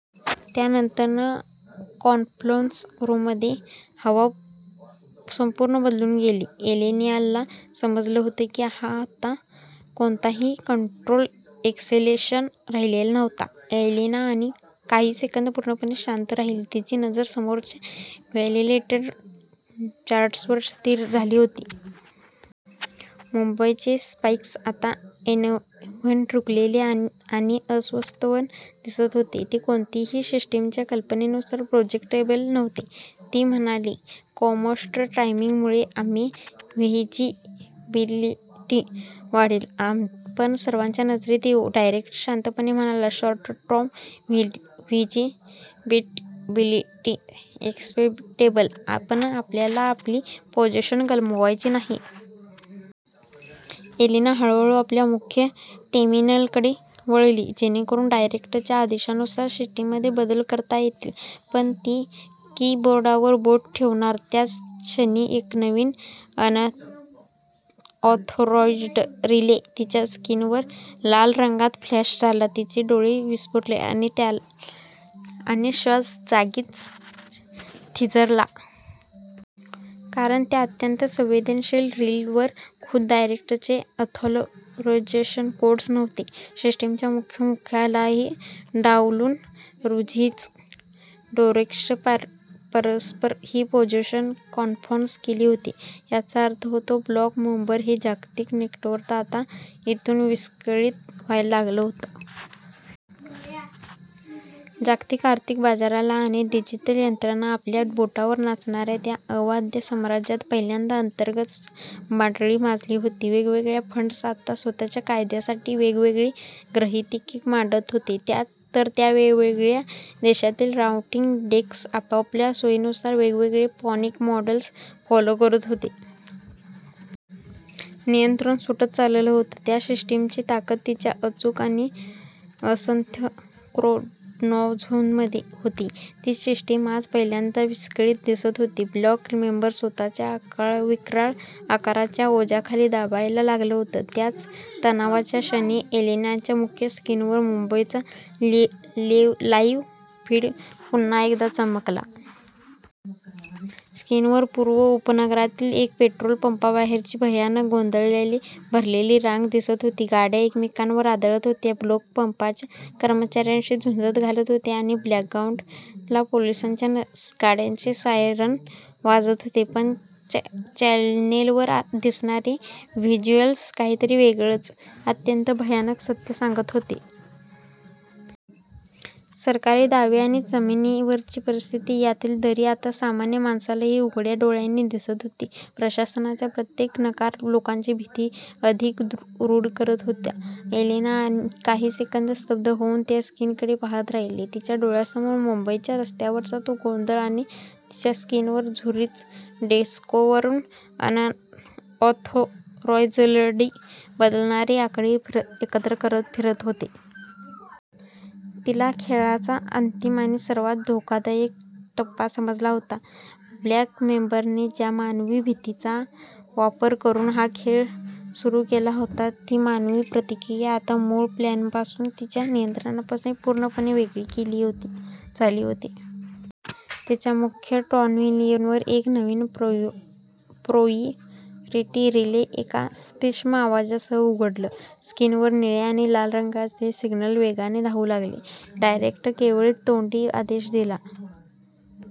त्या नंतर कॉन्फरन्स रूममधली हवा संपूर्ण बदलून गेली. एलेनाला समजलं होतं कि हा आता कोणताही कंट्रोल्ड एस्केलेशन राहिलेला नव्हता. एलेना काही सेकंद पूर्णपणे शांत राहिली. तिची नजर समोरच्या व्होलॅटिलिटी चार्ट्सवर स्थिर झाली होती. मुंबईचे स्पाईक्स आता अनइव्हन, विखुरलेले आणि अस्ताव्यस्त दिसत होते. ते कोणत्याही सिस्टीमच्या कल्पनेनुसार प्रेडिक्टेबल नव्हते. ती म्हणाली, कॉम्प्रेस्ड टायमिंगमुळे आपली व्हिजिबिलिटी वाढेल. आपण सर्वांच्या नजरेत येऊ. डायरेक्टर शांतपणे म्हणाला, "शॉर्ट-टर्म व्हिजिबिलिटी एक्सेप्टेबल आहे, पण आपल्याला आपली पोझिशन गमवायची नाही." एलेना हळूहळू आपल्या मुख्य टर्मिनलकडे वळली, जेणेकरून डायरेक्टरच्या आदेशानुसार सिस्टीममध्ये बदल करता येतील. पण ती कीबोर्डवर बोटे ठेवणार, त्याच क्षणी एक नवीन, अनऑथराईज्ड रिले तिच्या स्क्रीनवर लाल रंगात फ्लॅश झाला: तिचे डोळे विस्फारले आणि श्वास जागीच थिजला. कारण त्या अत्यंत संवेदनशील रिलेवर खुद्द डायरेक्टरचे ऑथरायझेशन कोड्स नव्हते. सिस्टीमच्या मुख्य प्रमुखाला डावलून झुरिच डेस्कने परस्पर ही पोझिशन कन्फर्म केली होती. याचा अर्थ होता 'ब्लॅक एम्बर' हे जागतिक नेटवर्क आता आतून विस्कळीत व्हायला लागलं होतं. जागतिक आर्थिक बाजाराला आणि डिजिटल यंत्रणांना आपल्या बोटांवर नाचवणाऱ्या त्या अवाढव्य साम्राज्यात पहिल्यांदाच अंतर्गत बंडाळी माजली होती. वेगवेगळे फंड्स आता स्वतःच्या फायद्यासाठी वेगवेगळी गृहीतके मांडत होते, तर वेगवेगळ्या देशांतील राउटिंग डेस्क आपापल्या सोयीनुसार वेगवेगळे पॅनिक मॉडेल्स फॉलो करत होते. नियंत्रण सुटत चाललं होतं. ज्या सिस्टीमची ताकद तिच्या अचूक आणि एकसंध सिंक्रोनायझेशनमध्ये होती, तीच सिस्टीम आज पहिल्यांदाच विस्कळीत दिसत होती. 'ब्लॅक एम्बर' स्वतःच्याच अक्राळविक्राळ आकाराच्या ओझ्याखाली दबायला लागलं होतं. त्याच तणावाच्या क्षणी, एलेनाच्या मुख्य स्क्रीनवर मुंबईचा लाईव्ह फीड पुन्हा एकदा चमकला. स्क्रीनवर पूर्व उपनगरातील एका पेट्रोल पंपाबाहेरची भयंकर, गोंधळाने भरलेली रांग दिसत होती. गाड्या एकमेकांवर आदळत होत्या, लोक पंपाच्या कर्मचाऱ्यांशी हुज्जत घालत होते आणि बॅकग्राउंडला पोलिसांच्या गाड्यांचे सायरन वाजत होते. पण चॅनेलवर दिसणारे व्हिज्युअल्स काहीतरी वेगळंच, अत्यंत भयानक सत्य सांगत होते. सरकारी दावे आणि जमिनीवरची परिस्थिती यातली दरी आता सामान्य माणसालाही उघड्या डोळ्यांनी दिसत होती. प्रशासनाचा प्रत्येक नकार लोकांची भीती अधिकच दृढ करत होता. एलेना काही सेकंद स्तब्ध होऊन त्या स्क्रीनकडे पाहत राहिली. तिच्या डोळ्यांसमोर मुंबईच्या रस्त्यांवरचा तो गोंधळ आणि तिच्या स्क्रीनवर झुरिच डेस्कवरून अनऑथराईज्डली बदलणारे आकडे एकत्र फिरत होते. तिला खेळाचा अंतिम आणि सर्वात धोकादायक टप्पा समजला होता. 'ब्लॅक एम्बर'ने ज्या मानवी भीतीचा वापर करून हा खेळ सुरू केला होता, ती मानवी प्रतिक्रिया आता मूळ प्लॅनपासून, त्यांच्या नियंत्रणापासून पूर्णपणे वेगळी झाली होती. तिच्या मुख्य टर्मिनलवर एक नवीन प्रायोरिटी रिले एका तीक्ष्ण आवाजासह उघडलं. स्क्रीनवर निळ्या आणि लाल रंगाचे सिग्नल्स वेगाने धावू लागले. डायरेक्टरने केवळ तोंडी आदेश दिला